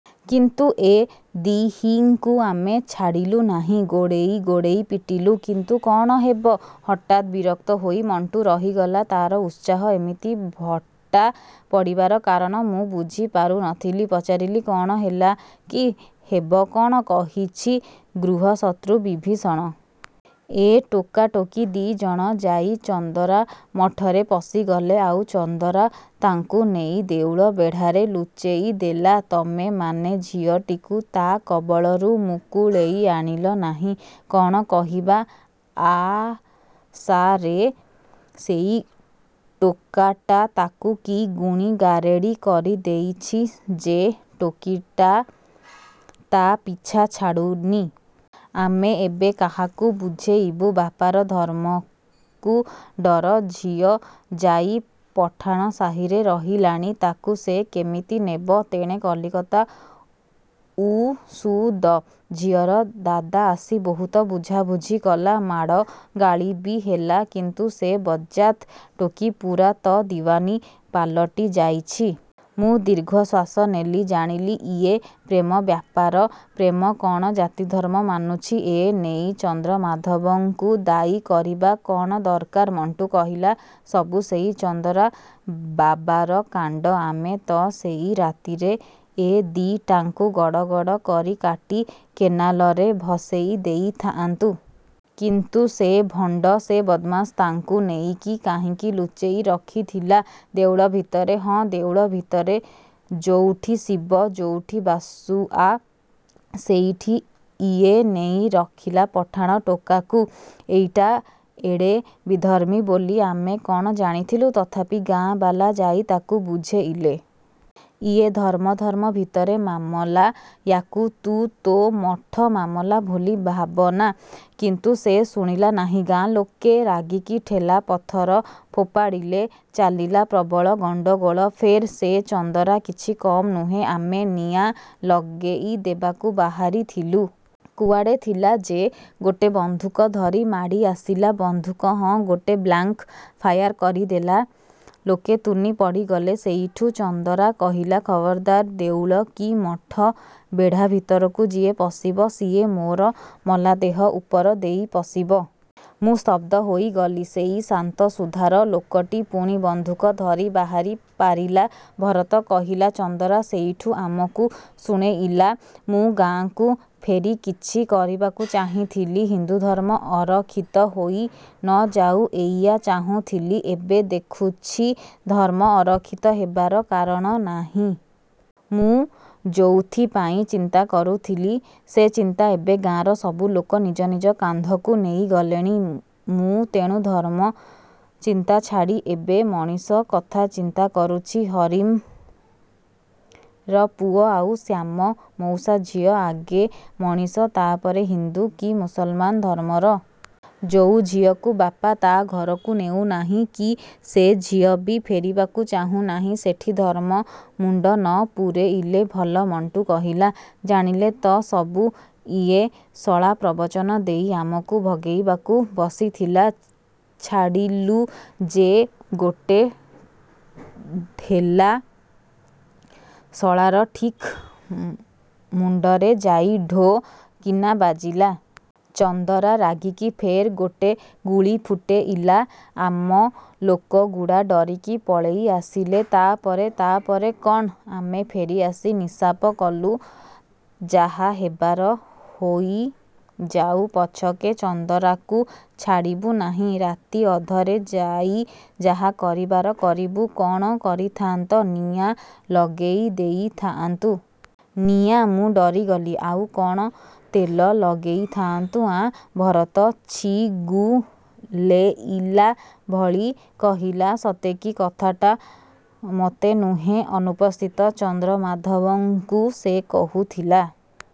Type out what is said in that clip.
"କିନ୍ତୁ ଏ ଦି’ହିଙ୍କୁ ଆମେ ଛାଡ଼ିଲୁ ନାହିଁ। ଗୋଡ଼େଇ ଗୋଡ଼େଇ ପିଟିଲୁ। କିନ୍ତୁ କ’ଣ ହେବ...!" ହଠାତ୍ ବିରକ୍ତ ହୋଇ ମଣ୍ଟୁ ରହିଗଲା। ତା’ର ଉତ୍ସାହ ଏମିତି ଭଟ୍ଟା ପଡ଼ିବାର କାରଣ ମୁଁ ବୁଝି ପାରୁ ନଥିଲି। ପଚାରିଲି, "କ’ଣ ହେଲା କି?" "ହେବ କ’ଣ? କହିଛି, ଗୃହଶତ୍ରୁ ବିଭୀଷଣ! ଏ ଟୋକା-ଟୋକୀ ଦି’ଜଣ ଯାଇ ଚନ୍ଦରା ମଠରେ ପଶିଗଲେ, ଆଉ ଚନ୍ଦରା ତାଙ୍କୁ ନେଇ ଦେଉଳ ବେଢ଼ାରେ ଲୁଚେଇ ଦେଲା।" "ତମେମାନେ ଝିଅଟିକୁ ତା’ କବଳରୁ ମୁକୁଳେଇ ଆଣିଲ ନାହିଁ?""କ’ଣ କହିବା ଆ ସାଆରେ, ସେଇ ଟୋକାଟା ତାକୁ କି ଗୁଣିଗାରେଡ଼ି କରି ଦେଇଛି ଯେ ଟୋକୀଟା ତା’ ପିଛା ଛାଡ଼ୁନି। ଆମେ ଏବେ କାହାକୁ ବୁଝେଇବୁ? ବାପାର ଧର୍ମକୁ ଡର, ଝିଅ ଯାଇ ପଠାଣ ସାହିରେ ରହିଲାଣି, ତାକୁ ସେ କେମିତି ନେବ? ତେଣେ କଲିକତା ଉଷୁଦ। ଝିଅର ଦାଦା ଆସି ବହୁତ ବୁଝାବୁଝି କଲା, ମାଡ଼ଗାଳି ବି ହେଲା। କିନ୍ତୁ ସେ ବଜ୍ଜାତ୍ ଟୋକୀ ପୂରା ତ ଦିୱାନୀ ପାଲଟି ଯାଇଛି! "ମୁଁ ଦୀର୍ଘଶ୍ୱାସ ନେଲି। ଜାଣିଲି, ଇଏ ପ୍ରେମ ବ୍ୟାପାର। ପ୍ରେମ କ’ଣ ଜାତିଧର୍ମ ମାନୁଛି? ଏ ନେଇ ଚନ୍ଦ୍ରମାଧବଙ୍କୁ ଦାୟୀ କରିବା କ’ଣ ଦରକାର? ମଣ୍ଟୁ କହିଲା, "ସବୁ ସେଇ ଚନ୍ଦରା ବାବାର କାଣ୍ଡ। ଆମେ ତ ସେଇ ରାତିରେ ଏ ଦି’ଟାଙ୍କୁ ଗଡ଼ ଗଡ଼ କରି କାଟି କେନାଲରେ ଭସେଇ ଦେଇଥାଆନ୍ତୁ। କିନ୍ତୁ ସେ ଭଣ୍ଡ, ସେ ବଦ୍‌ମାସ ତାଙ୍କୁ ନେଇକି କାହିଁକି ଲୁଚେଇ ରଖିଥିଲା?" "ଦେଉଳ ଭିତରେ?" "ହଁ, ଦେଉଳ ଭିତରେ! ଯୋଉଠି ଶିବ, ଯୋଉଠି ବାସୁଆ, ସେଇଠି ଇଏ ନେଇ ରଖିଲା ପଠାଣ ଟୋକାକୁ। ଏଇଟା ଏଡ଼େ ବିଧର୍ମୀ ବୋଲି ଆମେ କ’ଣ ଜାଣିଥିଲୁ? ତଥାପି ଗାଁବାଲା ଯାଇ ତାକୁ ବୁଝେଇଲେ। ଇଏ ଧର୍ମ-ଧର୍ମ ଭିତରେ ମାମଲା, ୟାକୁ ତୁ ତୋ ମଠ ମାମଲା ବୋଲି ଭାବନା। କିନ୍ତୁ ସେ ଶୁଣିଲା ନାହିଁ। ଗାଁଲୋକେ ରାଗିକି ଠେଲାପଥର ଫୋପାଡ଼ିଲେ, ଚାଲିଲା ପ୍ରବଳ ଗଣ୍ଡଗୋଳ।" "ଫେର୍?" "ସେ ଚନ୍ଦରା କିଛି କମ୍ ନୁହେଁ। ଆମେ ନିଆଁ ଲଗେଇ ଦେବାକୁ ବାହାରିଥିଲୁ। କୁଆଡ଼େ ଥିଲା ଯେ ଗୋଟେ ବନ୍ଧୁକ ଧରି ମାଡ଼ି ଆସିଲା।" "ବନ୍ଧୁକ?" "ହଁ, ଗୋଟେ ବ୍ଲାଙ୍କ୍ ଫାୟାର କରିଦେଲା। ଲୋକେ ତୁନୀ ପଡ଼ିଗଲେ। ସେଇଠୁ ଚନ୍ଦରା କହିଲା, 'ଖବରଦାର୍, ଦେଉଳ କି ମଠ ବେଢ଼ା ଭିତରକୁ ଯିଏ ପଶିବ, ସିଏ ମୋର ମଲାଦେହ ଉପର ଦେଇ ପଶିବ।' "ମୁଁ ସ୍ତବ୍ଧ ହୋଇଗଲି। ସେଇ ଶାନ୍ତସୁଧାର ଲୋକଟି ପୁଣି ବନ୍ଧୁକ ଧରି ବାହାରି ପାରିଲା? ଭରତ କହିଲା, "ଚନ୍ଦରା ସେଇଠୁ ଆମକୁ ଶୁଣେଇଲା, 'ମୁଁ ଗାଁକୁ ଫେରି କିଛି କରିବାକୁ ଚାହିଁଥିଲି। ହିନ୍ଦୁ ଧର୍ମ ଅରକ୍ଷିତ ହୋଇ ନଯାଉ, ଏଇଆ ଚାହୁଁଥିଲି। ଏବେ ଦେଖୁଛି ଧର୍ମ ଅରକ୍ଷିତ ହେବାର କାରଣ ନାହିଁ। ମୁଁ ଯୋଉଥିପାଇଁ ଚିନ୍ତା କରୁଥିଲି, ସେ ଚିନ୍ତା ଏବେ ଗାଁର ସବୁ ଲୋକ ନିଜ ନିଜ କାନ୍ଧକୁ ନେଇ ଗଲେଣି। ମୁଁ ତେଣୁ ଧର୍ମ ଚିନ୍ତା ଛାଡ଼ି ଏବେ ମଣିଷ କଥା ଚିନ୍ତା କରୁଛି। ହରିମ୍‌ର ପୁଅ ଆଉ ଶ୍ୟାମ ମଉସା ଝିଅ ଆଗେ ମଣିଷ, ତା’ପରେ ହିନ୍ଦୁ କି ମୁସଲମାନ ଧର୍ମର। ଯୋଉ ଝିଅକୁ ବାପା ତା’ ଘରକୁ ନେଉନାହିଁ କି ସେ ଝିଅ ବି ଫେରିବାକୁ ଚାହୁଁନାହିଁ, ସେଠି ଧର୍ମ ମୁଣ୍ଡ ନ ପୂରେଇଲେ ଭଲ।" ମଣ୍ଟୁ କହିଲା, "ଜାଣିଲେ ତ ସବୁ, ଇଏ ଶଳା ପ୍ରବଚନ ଦେଇ ଆମକୁ ଭଗେଇବାକୁ ବସିଥିଲା। ଛାଡ଼ିଲୁ ଯେ ଗୋଟେ ଢେଲା, ଶଳାର ଠିକ୍ ମୁଣ୍ଡରେ ଯାଇ ଢୋ କିନା ବାଜିଲା। ଚନ୍ଦରା ରାଗିକି ଫେର୍ ଗୋଟେ ଗୁଳି ଫୁଟେଇଲା। ଆମ ଲୋକଗୁଡ଼ା ଡରିକି ପଳେଇ ଆସିଲେ।" "ତା’ପରେ?""ତା’ପରେ କ’ଣ? ଆମେ ଫେରିଆସି ନିଶାପ କଲୁ, ଯାହା ହେବାର ହୋଇଯାଉ ପଛକେ, ଚନ୍ଦରାକୁ ଛାଡ଼ିବୁ ନାହିଁ। ରାତି ଅଧରେ ଯାଇ ଯାହା କରିବାର କରିବୁ।" "କ’ଣ କରିଥାନ୍ତ?" "ନିଆଁ ଲଗେଇ ଦେଇଥାଆନ୍ତୁ।" "ନିଆଁ..." ମୁଁ ଡରିଗଲି। "ଆଉ କ’ଣ ତେଲ ଲଗେଇ ଥାଆନ୍ତୁ, ଆଁ!" ଭରତ ଛିଗୁଲେଇଲା ଭଳି କହିଲା। ସତେକି କଥାଟା ମୋତେ ନୁହେଁ, ଅନୁପସ୍ଥିତ ଚନ୍ଦ୍ରମାଧବଙ୍କୁ ସେ କହୁଥିଲା